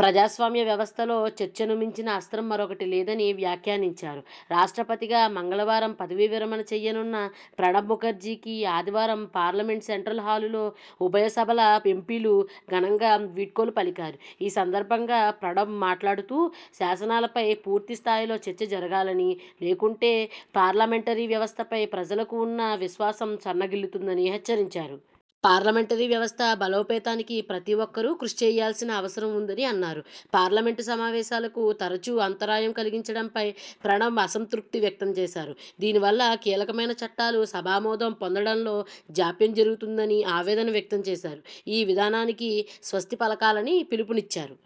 ప్రజాస్వామ్య వ్యవస్థలో చర్చను మించిన అస్త్రం మరొకటి లేదని వ్యాఖ్యానించారు. రాష్ట్రపతిగా మంగళవారం పదవీ విరమణ చేయనున్న ప్రణబ్ ముఖర్జీకి ఆదివారం పార్లమెంటు సెంట్రల్ హాలులో ఉభయ సభల ఎంపీలు ఘనంగా వీడ్కోలు పలికారు. ఈ సందర్భంగా ప్రణబ్ మాట్లాడుతూ, శాసనాలపై పూర్తి స్థాయిలో చర్చ జరగాలని, లేకుంటే పార్లమెంటరీ వ్యవస్థ పై ప్రజలకు ఉన్న విశ్వాసం సన్న గిల్లుతుందని హెచ్చరించారు. పార్లమెంటరీ వ్యవస్థ బలోపేతానికి ప్రతి ఒక్కరూ కృషి చేయాల్సిన అవసరం ఉందని అన్నారు. పార్లమెంటు సమావేశాలకు తరచూ అంతరాయం కలిగించడం పై ప్రణబ్ అసంతృప్తి వ్యక్తం చేశారు. దీని వల్ల కీలకమైన చట్టాలు సభా మోదం పొందడంలో జాప్యం జరుగుతుందని ఆవేదన వ్యక్తం చేశారు. ఈ విధానానికి స్వస్తి పలకాలని పిలుపు నిచ్చారు.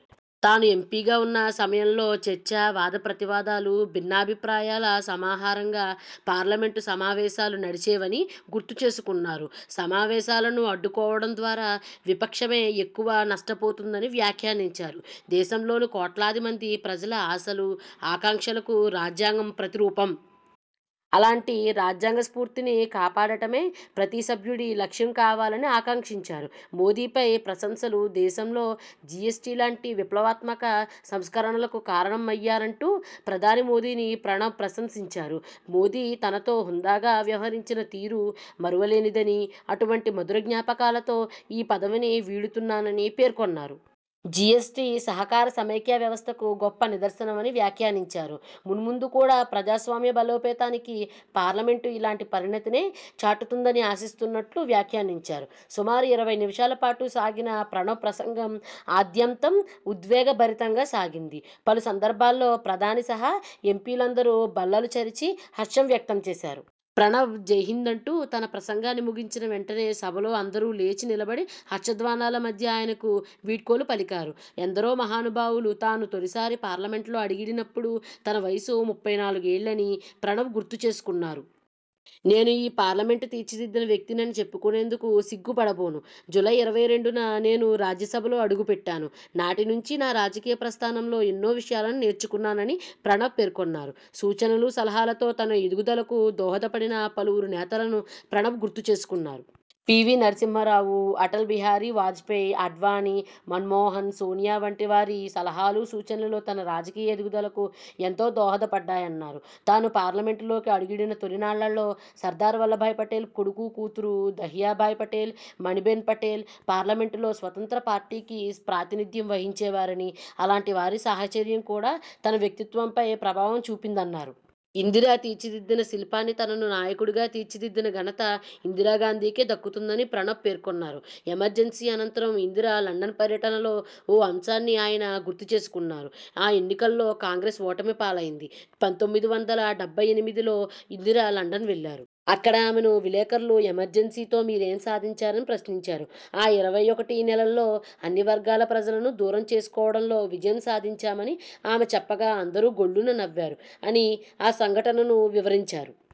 తాను ఎంపీగా ఉన్న సమయంలో, చర్చ, వాద ప్రతివాదాలు, భిన్నాభి ప్రాయాల సమాహారంగా పార్లమెంటు సమావేశాలు నడిచే వని గుర్తు చేసుకున్నారు. సమావేశాలను అడ్డుకోవడం ద్వారా విపక్షమే ఎక్కువ నష్ట పోతుందని వ్యాఖ్యానించారు. దేశం లోని కోట్లాది మంది ప్రజల ఆశలు, ఆకాంక్షలకు రాజ్యాంగం ప్రతి రూపం. అలాంటి రాజ్యాంగ స్ఫూర్తిని కాపాడటమే ప్రతి సభ్యుడి లక్ష్యం కావాలి అని ఆకాంక్షించారు. మోదీపై ప్రశంసలు దేశంలో జీఎస్టీ లాంటి విప్లవాత్మక సంస్కరణలకు కారణ మయ్యారంటూ ప్రధాని మోదీని ప్రణబ్ ప్రశంసించారు. మోదీ తనతో హుందాగా వ్యవహరించిన తీరు మరువ లేనిదని, అటువంటి మధుర జ్ఞాపకాలతో ఈ పదవిని వీడుతున్నాని పేర్కొన్నారు. జీఎస్టీ, సహకార సమాఖ్య వ్యవస్థకు గొప్ప నిదర్శన మని వ్యాఖ్యానించారు. మున్ముందు కూడా ప్రజాస్వామ్య బలోపేతానికి పార్లమెంటు ఇలాంటి పరిణతినే చాటుతుందని ఆశిస్తున్నట్లు వ్యాఖ్యానించారు. సుమారు ఇరవై నిమిషాల పాటు సాగిన ప్రణబ్ ప్రసంగం ఆద్యంతం ఉద్వేగ భరితంగా సాగింది. పలు సందర్భాల్లో ప్రధాని సహా ఎంపీ లందరూ బల్లలు చరిచి హర్షం వ్యక్తం చేశారు. ప్రణబ్.. జై హింద్ అంటూ తన ప్రసంగాన్ని ముగించిన వెంటనే సభలో అందరూ లేచి నిలబడి హర్ష ధ్వానాల మధ్య ఆయనకు వీడ్కోలు పలికారు. ఎందరో మహానుభావులు, తాను తొలిసారి పార్లమెంటులో అడిగిడి నప్పుడు తన వయసు ముప్పై నాలుగు ఏళ్లని ప్రణబ్ గుర్తు చేసుకున్నారు. నేను ఈ పార్లమెంటు తీర్చిదిద్దిన వ్యక్తిని అని చెప్పుకొనేందుకు సిగ్గు పడబోను. జూలై ఇరవై రెండున నేను రాజ్య సభలో అడుగు పెట్టాను. నాటి నుంచి నా రాజకీయ ప్రస్థానంలో ఎన్నో విషయాలను నేర్చుకున్నాను అని ప్రణబ్ పేర్కొన్నారు. సూచనలు, సలహాలతో తన ఎదుగుదలకు దోహద పడిన పలువురు నేతలను ప్రణబ్ గుర్తు చేసుకున్నారు. పీవీ నరసింహరావు, అటల్ బిహారీ వాజ్పేయి, ఆడ్వాణీ, మన్మోహన్, సోనియా వంటి వారి సలహాలు, సూచనలు తన రాజకీయ ఎదుగుదలకు ఎంతో దోహద పడ్డాయన్నారు. తాను పార్లమెంటు లోకి అడుగిడిన తొలి నాళ్లలో, సర్దార్ వల్లభ్భాయ్ పటేల్ కొడుకు, కూతురు దహ్యాభాయ్ పటేల్, మణిబెన్ పటేల్ పార్లమెంటులో స్వత్రంత్ర పార్టీకి ప్రాతినిధ్యం వహించేవారని, అలాంటి వారి సాహచర్యం కూడా తన వ్యక్తిత్వం పై ప్రభావం చూపిందన్నారు. ఇందిర తీర్చిదిద్దిన శిల్పాన్నితనను నాయకుడిగా తీర్చిదిద్దిన ఘనత ఇందిరా గాంధీకే దక్కుతుందని ప్రణబ్ పేర్కొన్నారు. ఎమర్జెన్సీ అనంతరం ఇందిర లండన్ పర్యటనలో ఓ అంశాన్ని ఆయన గుర్తు చేసుకున్నారు. ఆ ఎన్నికల్లో కాంగ్రెస్ ఓటమి పాలైంది. పంతొమ్మిది వందల డెబ్బై ఎనిమిదిలో ఇందిర లండన్ వెళ్లారు. అక్కడ ఆమెను విలేకరులు, ఎమర్జెన్సీ తో మీరేం సాధించారని ప్రశ్నించారు. ఆ ఇరవై ఒకటి నెలల్లో అన్ని వర్గాల ప్రజలను దూరం చేసు కోవడంలో విజయం సాధించాం అని ఆమె చెప్పగా అందరూ గొల్లున నవ్వారు అని ఆ సంఘటనను వివరించారు.